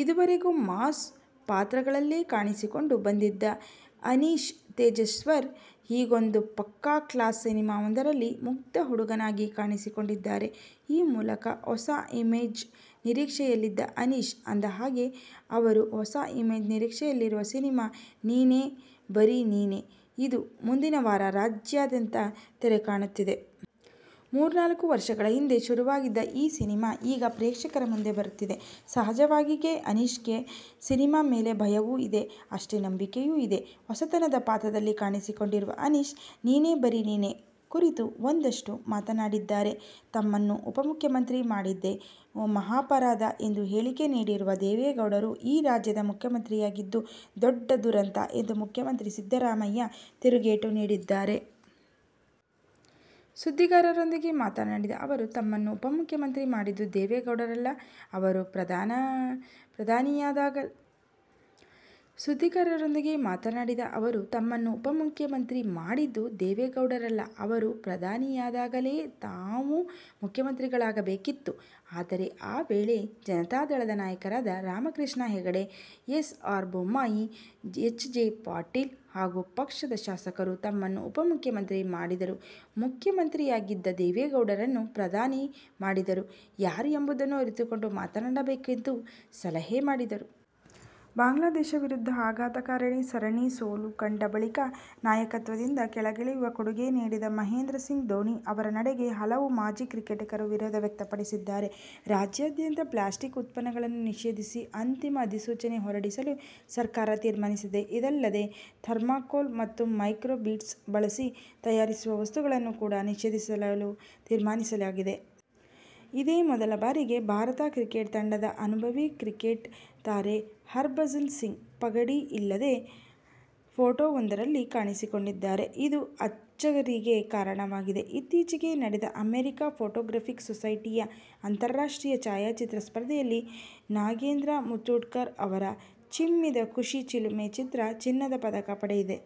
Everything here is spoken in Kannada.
ಇದುವರೆಗೂ ಮಾಸ್ ಪಾತ್ರಗಳಲ್ಲೇ ಕಾಣಿಸಿಕೊಂಡು ಬಂದಿದ್ದ ಅನೀಶ್ ತೇಜಶ್ವರ್, ಹೀಗೊಂದು ಪಕ್ಕಾ ಕ್ಲಾಸ್ ಸಿನಿಮಾವೊಂದರಲ್ಲಿ ಮುಗ್ಧ ಹುಡುಗನಾಗಿ ಕಾಣಿಸಿಕೊಂಡಿದ್ದಾರೆ. ಆ ಮೂಲಕ ಹೊಸ ಇಮೇಜ್ನ ನಿರೀಕ್ಷೆಯಲ್ಲಿದ್ದಾರೆ ಅನೀಶ್. ಅಂದಹಾಗೆ, ಅವರು ಹೊಸ ಇಮೇಜ್ ನಿರೀಕ್ಷೆಯಲ್ಲಿರುವ ಸಿನಿಮಾ "ನೀನೇ ಬರಿ ನೀನೆ'. ಇದು ಮುಂದಿನವಾರ ರಾಜ್ಯಾದ್ಯಂತ ತೆರೆ ಕಾಣುತ್ತಿದೆ. ಮೂರ್ನಾಲ್ಕು ವರ್ಷಗಳ ಹಿಂದೆ ಶುರುವಾಗಿದ್ದ ಈ ಸಿನಿಮಾ, ಈಗ ಪ್ರೇಕ್ಷಕರ ಮುಂದೆ ಬರುತ್ತಿದೆ. ಸಹಜವಾಗಿಯೇ, ಅನೀಶ್ಗೆ ಸಿನಿಮಾ ಮೇಲೆ ಭಯವೂ ಇದೆ, ಅಷ್ಟೇ ನಂಬಿಕೆಯೂ ಇದೆ. ಹೊಸತನದ ಪಾತ್ರದಲ್ಲಿ ಕಾಣಿಸಿಕೊಂಡಿರುವ ಅನೀಶ್, "ನೀನೇ ಬರಿ ನೀನೆ' ಕುರಿತು ಒಂದಷ್ಟು ಮಾತಾಡಿದ್ದಾರೆ. ತಮ್ಮನ್ನು ಉಪಮುಖ್ಯಮಂತ್ರಿ ಮಾಡಿದ್ದೆ ಮಹಾಪರಾಧ ಎಂದು ಹೇಳಿಕೆ ನೀಡಿರುವ ದೇವೇಗೌಡರು ಈ ರಾಜ್ಯದ ಮುಖ್ಯಮಂತ್ರಿಯಾಗಿದ್ದು ದೊಡ್ಡ ದುರಂತ ಎಂದು ಮುಖ್ಯಮಂತ್ರಿ ಸಿದ್ದರಾಮಯ್ಯ ತಿರುಗೇಟು ನೀಡಿದ್ದಾರೆ. ಸುದ್ದಿಗಾರರೊಂದಿಗೆ ಮಾತನಾಡಿದ ಅವರು, ತಮ್ಮನ್ನು ಉಪಮುಖ್ಯಮಂತ್ರಿ ಮಾಡಿದ್ದು ದೇವೇಗೌಡರಲ್ಲ. ಅವರು ಪ್ರಧಾನಿಯಾದಾಗಲೇ ತಾವು ಮುಖ್ಯಮಂತ್ರಿಯಾಗಬೇಕಿತ್ತು. ಆದರೆ ಆ ವೇಳೆ ಜನತಾದಳದ ನಾಯಕರಾದ Ramakrishna Hegde, S. R. Bommai, J. H. Patel ಹಾಗೂ ಪಕ್ಷದ ಶಾಸಕರು ತಮ್ಮನ್ನು ಉಪಮುಖ್ಯಮಂತ್ರಿ ಮಾಡಿದರು. ಮುಖ್ಯಮಂತ್ರಿಯಾಗಿದ್ದ ದೇವೇಗೌಡರನ್ನು ಪ್ರಧಾನಿ ಮಾಡಿದವರು ಯಾರು ಎಂಬುದನ್ನು ಅರಿತುಕೊಂಡು ಮಾತನಾಡಬೇಕೆಂದು ಸಲಹೆ ಮಾಡಿದರು. ಬಾಂಗ್ಲಾದೇಶ ವಿರುದ್ಧ ಆಘಾತಕಾರಿ ಸರಣಿ ಸೋಲು ಕಂಡ ಬಳಿಕ ನಾಯಕತ್ವದಿಂದ ಕೆಳಗಿಳಿಯುವ ಕೊಡುಗೆ ನೀಡಿದ ಮಹೇಂದ್ರ ಸಿಂಗ್ ಧೋನಿ ಅವರ ನಡೆಗೆ ಹಲವು ಮಾಜಿ ಕ್ರಿಕೆಟಿಗರು ವಿರೋಧ ವ್ಯಕ್ತಪಡಿಸಿದ್ದಾರೆ. ರಾಜ್ಯಾದ್ಯಂತ ಪ್ಲಾಸ್ಟಿಕ್ ಉತ್ಪನ್ನಗಳನ್ನು ನಿಷೇಧಿಸಿ ಅಂತಿಮ ಅಧಿಸೂಚನೆ ಹೊರಡಿಸಲು ಸರ್ಕಾರ ತೀರ್ಮಾನಿಸಿದೆ. ಇದಲ್ಲದೆ, ಥರ್ಮಾಕೋಲ್ ಮತ್ತು ಮೈಕ್ರೋ ಬೀಡ್ಸ್ ಬಳಸಿ ತಯಾರಿಸುವ ವಸ್ತುಗಳನ್ನು ಕೂಡ ನಿಷೇಧಿಸಲು ತೀರ್ಮಾನಿಸಲಾಗಿದೆ. ಇದೇ ಮೊದಲ ಬಾರಿಗೆ ಭಾರತ ಕ್ರಿಕೆಟ್ ತಂಡದ ಅನುಭವಿ ಕ್ರಿಕೆಟ್ ತಾರೆ ಹರ್ಭಜನ್ ಸಿಂಗ್ ಪಗಡಿ ಇಲ್ಲದೆ ಫೋಟೋವೊಂದರಲ್ಲಿ ಕಾಣಿಸಿಕೊಂಡಿದ್ದಾರೆ. ಇದು ಅಚ್ಚರಿಗೆ ಕಾರಣವಾಗಿದೆ. ಇತ್ತೀಚೆಗೆ ನಡೆದ ಅಮೆರಿಕ ಫೋಟೋಗ್ರಫಿಕ್ ಸೊಸೈಟಿಯ ಅಂತಾರಾಷ್ಟ್ರೀಯ ಛಾಯಾಚಿತ್ರ ಸ್ಪರ್ಧೆಯಲ್ಲಿ ನಾಗೇಂದ್ರ ಮುತ್ಮುರ್ಡು ಅವರ "ಚಿಮ್ಮಿದ ಖುಷಿ ಚಿಲುಮೆ' ಚಿತ್ರ ಚಿನ್ನದ ಪದಕ ಪಡೆದಿದೆ.